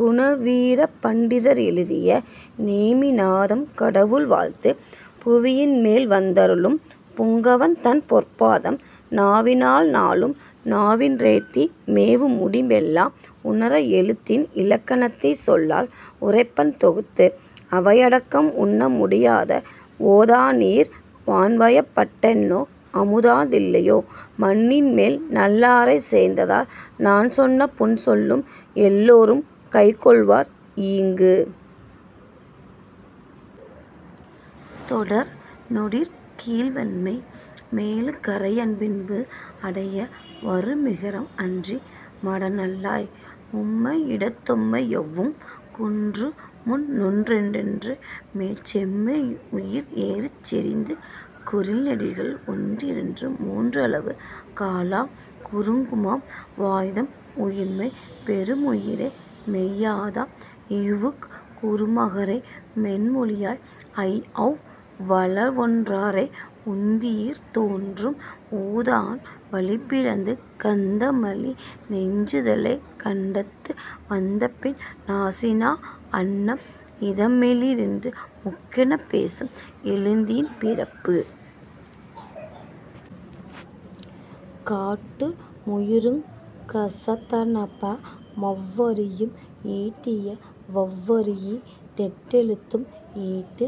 குணவீர பண்டிதர் எழுதிய நேமிநாதம் கடவுள் வாழ்த்து பூவின்மேல் வந்தருளும் புங்கவன்தன் பொற்பாதம் நாவினால் நாளும் நாவின்றேத்தி மேவுமுடி பெல்லாம் உணர எழுத்தின் இலக்கணத்தைச் சொல்லால் உரைப்பன் தொகுத்து. அவையடக்கம் உண்ண முடியாத வோதாநீர் வான்வயப்பட் டெண்ண அமுதான தில்லையோ மண்ணின்மேல் நல்லாரைச் சேர்ந்தலால் நான்சொன்ன புன்சொல்லும் எல்லோரும் கைகொள்வர் ஈங்கு. தொடர்நொடிற் கீழ்வன்மை மேலுகரம் யப்பின்பு அடைய வருமிகரம் அன்றி மடநல்லாய் மும்மையிடத் தையௌவுங் குன்றுமுன் னொற்றுண்டேற் செம்மையுயிர் ஏறுஞ் செறிந்து குறில்நெடில்கள் ஒன்றிரண்டு மூன்றளவு காலாங் குறுகுமவ் வாய்தம் உயிர்மெய் பெறுமுயிரே மெய்யாதம் இஉக் குறுக்கமரை மென்மொழியாய் ஐஔ வளவொன் றரை. உந்தியிற் றோன்றும் உதான வளிப்பிறந்து கந்தமலி நெஞ்சுதலை கண்டத்து வந்தபின் நாசிநா அண்ணம் இதம்மெழிறென்று மூக்கெனப் பேசும் எழுத்தின் பிறப்பு. காட்டு முயிருங் கசதநப மவ்வரியும் ஈட்டிய வவ்வரியி னெட்டெழுத்தும் ஈட்டு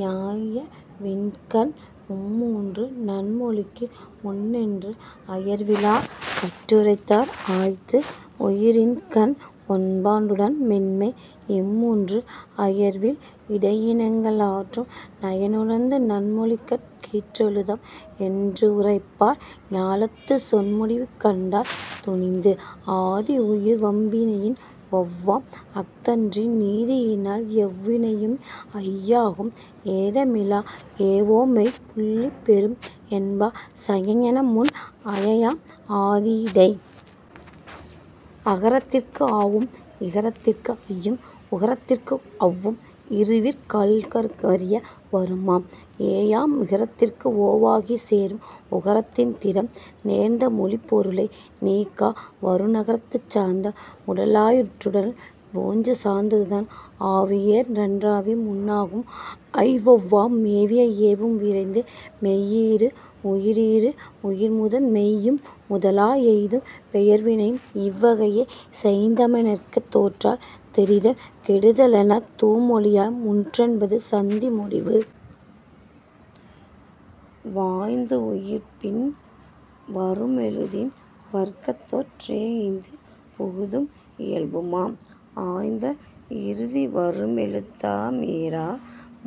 ஞயவின்கண் மும்மூன்று நன்மொழிக்கு முன்னென்று அயர்விலார் கட்டுரைத்தார் ஆய்ந்து. உயிரின்கண் ஒன்பா னுடன்மென்மை இம்மூன்று அயர்வில் இடையினங்க ளாறும் நயனுணர்ந்து நன்மொழிகட் கீற்றெழுத்தாம் என்றுரைப்பர் ஞாலத்துச் சொன்முடிவு கண்டார் துணிந்து. ஆதியுயிர் வவ்வியையின் ஔவாம் அஃதன்றி நீதியினால் யவ்வியையின் ஐயாகும் ஏதமிலா எஒமெய் புள்ளிபெரும் என்ப சஞயமுன் அஐயாம் ஆதி யிடை. அகரத்திற்கு ஆவும் இகரத்திற் ஐயும் உகரத்திற்கு ஔவும் இருவிற் ககல்வரிய வருமாம் ஏயாம் மிகரத்திற்கு ஒவாகிச் சேரும் உகரத்தின் திறம். நேர்ந்தமொழிப் பொருளை நீக்க வருநகரஞ் சார்ந்து உடலாயிற் றன்னுடல் போஞ் சார்ந்ததுதான் ஆவியேற் றன்னாவி முன்னாகும் ஐஔவாம் மேவிய ஏவும் விரைந்து. மெய்யீறு உயிரீறு உயிர்முதன் மெய்ம்முதலா எய்தும் பெயர்வினையும் இவ்வகையே செய்தமைற்க்கு தோன்றல் திரிதல் கெடுதலெனத் தூமொழியாய் மூன்றென்ப சந்தி முடிவு. வாய்ந்த வுயிர்ப்பின் வருமெழுத்தின் வர்க்கத்தொற் றேய்ந்து புகுதும் இயல்புமாம் ஆய்ந்த இறுதி வருமெழுத்தாம் மீராம்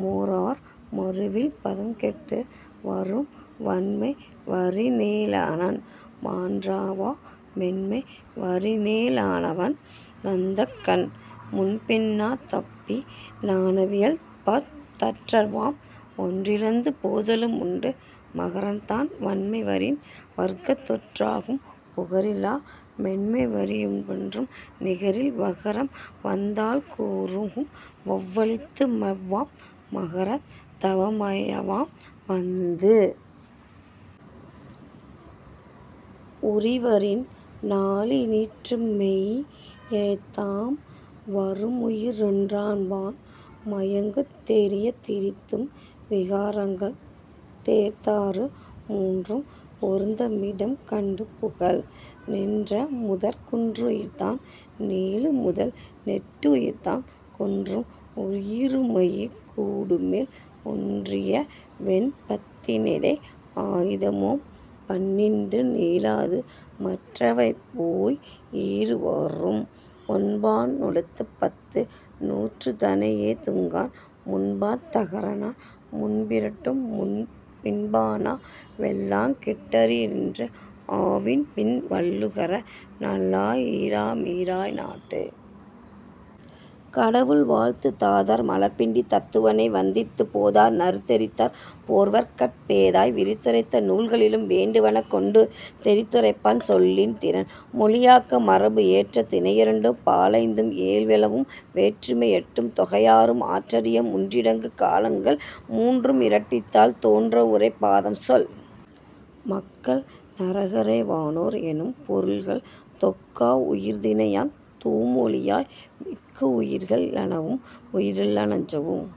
மோரோர் மறுவில்பதங் கெட்டு வரும் வன்மை வரினே ளண மாண்டறவா மென்மை வரினே ளலணனவாந் தந்நக்கண் முன்பின்னாந் தப்பி னணவியல்பாத் தட்டறவாம் ஒன்றழிந்து போதலு முண்டு. மகரந்தான் வன்மைவரின் வர்கத்தொற் றாகும் புகரிலா மென்மைவரிற் பொன்றும் நிகரில் வகரம்வந் தால்குறுகும் வவ்வழிந்து மவ்வாம் மகரந் தவமயவாம் வந்து. உரிவரின் நாழியி னீற்றுமெய் யைந்தாம் வருமுயிரொன் றொன்பான் மயங்குந் தெரியத் திரிந்தும் விகாரங்கள் தேர்ந்தாறு முன்றும் பொருந்தமிடம் கண்டு புகல். நின்றமுதற் குற்றுயிர்தான் நீளுமுதல் நெட்டுயிர்தான் குன்றும் உயிருயிர்மெய் கூடுமேல் ஒன்றியவெண் பத்தினிடை ஆய்தமுமாம் பந்நீண்டு நீளாது மற்றவைபோய் ஈறு வரும். ஒன்பா னொடுபத்து நூறதனை யோதுங்கான் முன்பாந் தகரணள முன்பிரட்டும் பின்பான வெல்லாங்கெட் டாறிரண்டு ஆவியின்பின் வல்லுகர நல்லா யிரமீறாய் நாட்டு. கடவுள் வாழ்த்து தாதார் மலர்பிண்டித் தத்துவனை வந்தித்துப் போதார் நறுந்தெரித்தார் போர்வேற்கட் பேதாய் விரித்துரைத்த நூல்களினும் வேண்டுவன கொண்டு தெரித்துரைப்பன் சொல்லின் திறம்.. மொழியாக்க மரபு ஏற்ற திணையரண்டும் பாலைந்தும் ஏழ்வழுவும் வேற்றுமை எட்டும் தொகையாறும் ஆற்றரிய மூன்றிடமுங் காலங்கள் மூன்றும் இரண்டித்தால் தோன்ற வுரைப்பதாஞ் சொல். மக்கள் நரகரே வானோர் எனும்பொருள்கள் தொக்க வுயர்திணையாந் தூமொழியாய் மிக்க வுயிருகள் ளனவும் உயிரில் லனவுஞ்।